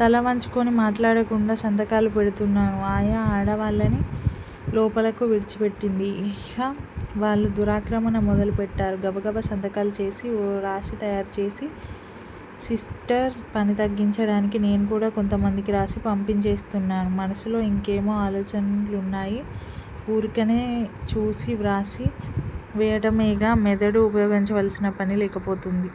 తల వంచుకుని మాట్లాడకుండా సంతకాలు పెడుతున్నాను. ఆయా ఆడవాళ్ళని లోపలకు విడిచి పెట్టింది. ఇహ వాళ్ళు దురాక్రమణ మొదలుపెట్టారు. గబగబ సంతకాలు చేసి ఓ రాశి తయారుచేసి, సిస్టర్ పని తగ్గించటానికి నేను కూడా కొంతమందికి వ్రాసి పంపించేస్తున్నాను. మనసులో యింకేమో ఆలోచన్లున్నాయి. ఊరికినే చూసి వ్రాసి వెయ్యటమేగా, మెదడు ఉపయోగించవలసిన పని లేకపోతూంది.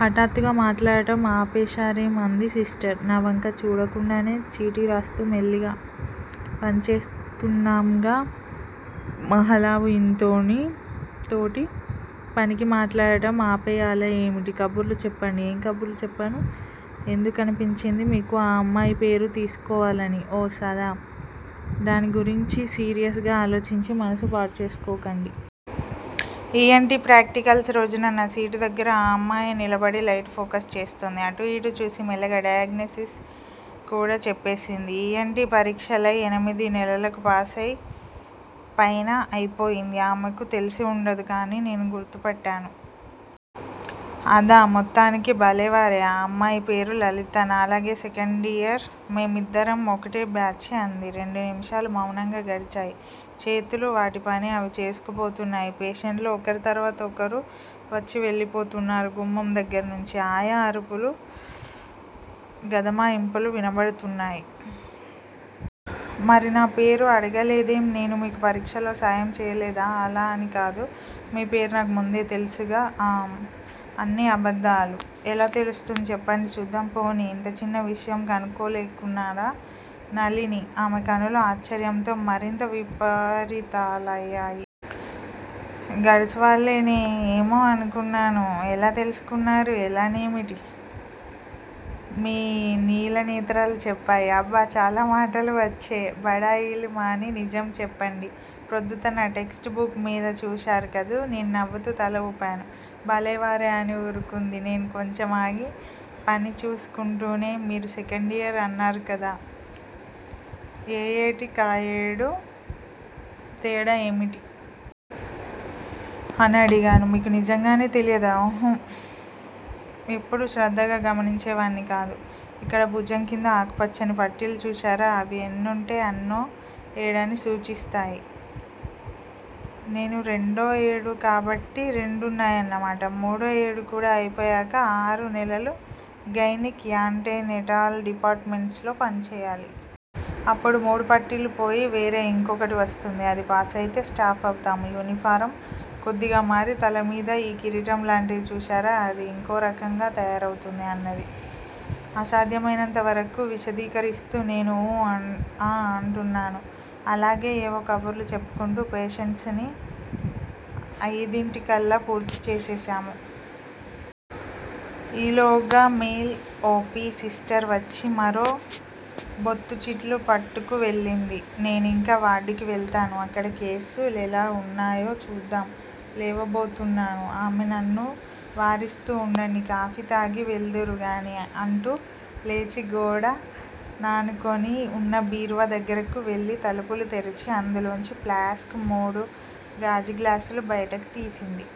హఠాత్తుగా మాట్లాడటం ఆపేశారేం? అంది సిస్టర్ నా వంక చూడకుండానే చీటీ వ్రాస్తూ, మెల్లిగా. పని చేస్తున్నాంగా. మహలావు యింతోటి పనికి మాట్లాడటం ఆపెయ్యాలా ఏమిటి? కబుర్లు చెప్పండి. ఏం కబుర్లు చెప్పను? ఎందు కనిపించింది మీకు ఆ అమ్మాయి పేరు తెలుసుకోవాలని? ఓస్! అదా? దాన్ని గురించి సీరియస్ గా ఆలోచించి మనసు పాడుచేసుకోకండి. ఇ. ఎన్. టీ ప్రాక్టికల్స్ రోజున నా సీటు దగ్గర ఆ అమ్మాయే నిలబడి లైటు ఫోకస్ చేస్తోంది. అటూ యిటూ చూసి మెల్లగా డయాగ్నిసిస్ కూడ చెప్పేసింది. ఇ. ఎన్. టీ. పరీక్షలై ఎనిమిది నెలలకు పైనా అయిపోయింది. ఆమెకు తెలిసివుండదు, కాని నేను గుర్తుపట్టాను. అదా? మొత్తానికి బలేవారే. ఆ అమ్మాయి పేరు లలిత. నాలాగే సెకండియర్. మేమిద్దరం ఒకటే బ్యాచి అంది. రెండు నిమిషాలు మౌనంగా గడిచాయి. చేతులు వాటి పని అవి చేసుకుపోతున్నాయి. పేషెంట్లు ఒకరి తర్వాత ఒకరు వచ్చివెళ్ళిపోతున్నారు. గుమ్మం దగ్గరనుంచి ఆయా అరుపులు, గదమాయింపులు వినబడుతున్నాయి. మరి నా పేరు ఆడగలేదేం? నేను మీకు పరీక్షల్లో సాయం చెయ్యలేదనా? అలా అని కాదు. మీ పేరు నాకు ముందే తెలుసుగా. ఆఁ అన్నీ అబద్ధాలు. ఎలా తెలుస్తుంది? చెప్పండి చూద్దాం. పోనీ ఇంత చిన్న విషయం కనుక్కోలేనుకున్నారా? నళిని. ఆమె కనులు ఆశ్చర్యంతో మరింత విప్పారితాలయాయి. గడుసు వాళ్ళేనే. ఏమో ననుకున్నాను. ఎలా తెలుసుకున్నారు? ఎలానేమిటి? మీ నీలనేత్రాలు చెప్పాయి. అబ్బా! చాలా మాటలు వచ్చే! బడాయిలు మాని నిజం చెప్పండి. ప్రొద్దుట నా టెక్ట్స్ బుక్ మీద చూశారుకదూ! నేను నవ్వుతూ తల ఊపాను. బలేవారే అని ఊరుకుంది. నేను కొంచెమాగి పని చూసుకుంటూనే మీరు సెకండియర్ అన్నారు కదా, ఏయేటి కాయేడు, తేడా ఏమిటి? అనడిగాను. మీకు నిజంగానే తెలియదా? ఊహు. ఎప్పుడూ శ్రద్ధగా గమనించేవాణ్ని కాదు. ఇక్కడ భుజం క్రింద ఆకు పచ్చని పట్టీలు చూశారా? అవి ఎన్నుంటే_అన్నో ఏడని సూచిస్తాయి. నేను రెండో ఏడు కాబట్టి రెండున్నాయన్నమాట. మూడో ఏడుకూడా అయిపోయాక ఆరు నెలలు గైనిక్, యాంటీనేటాల్ డిపార్ట్ మెంట్సులో పనిచెయ్యాలి. అప్పుడు మూడు పట్టీలూ పోయి వేరే యింకొకటి వస్తుంది. అది ప్యాసయితే స్టాఫ్ అవుతాము. యూనిఫారం కొద్దిగా మారి, తలమీద యీ కిరీటంలాంటిది చూశారా. అది యింకోరకంగా తయారౌతుంది అన్నది, సాధ్యమైనంతవరకూ విశదీకరిస్తూ. నేను ఊ, ఆ అంటున్నాను. అలాగే ఏవో కబుర్లు చెప్పుకుంటూ పేషెంట్సుని అయిదింటికల్లా పూర్తిచేసేశాము. ఈలోగా మేల్ ఓ. పి. సిస్టర్ వచ్చి మరో బొత్తు చీట్లు పట్టుకు వెళ్ళింది. నేనింక వార్డుకి వెళ్తాను. అక్కడ కేసు లెలా వున్నాయో చూద్దాం లేవబోతున్నాను. ఆమె నన్ను వారిస్తూ ఉండండి. కాఫీ త్రాగి వెళ్దురు గాని అంటూ లేచి గోడ నానుకొని వున్న బీరువా దగ్గరకు వెళ్ళి, తలుపు తెరిచి అందులోంచి ప్లాస్క్, మూడు గాజుగ్లాసులు బయటకు తీసింది.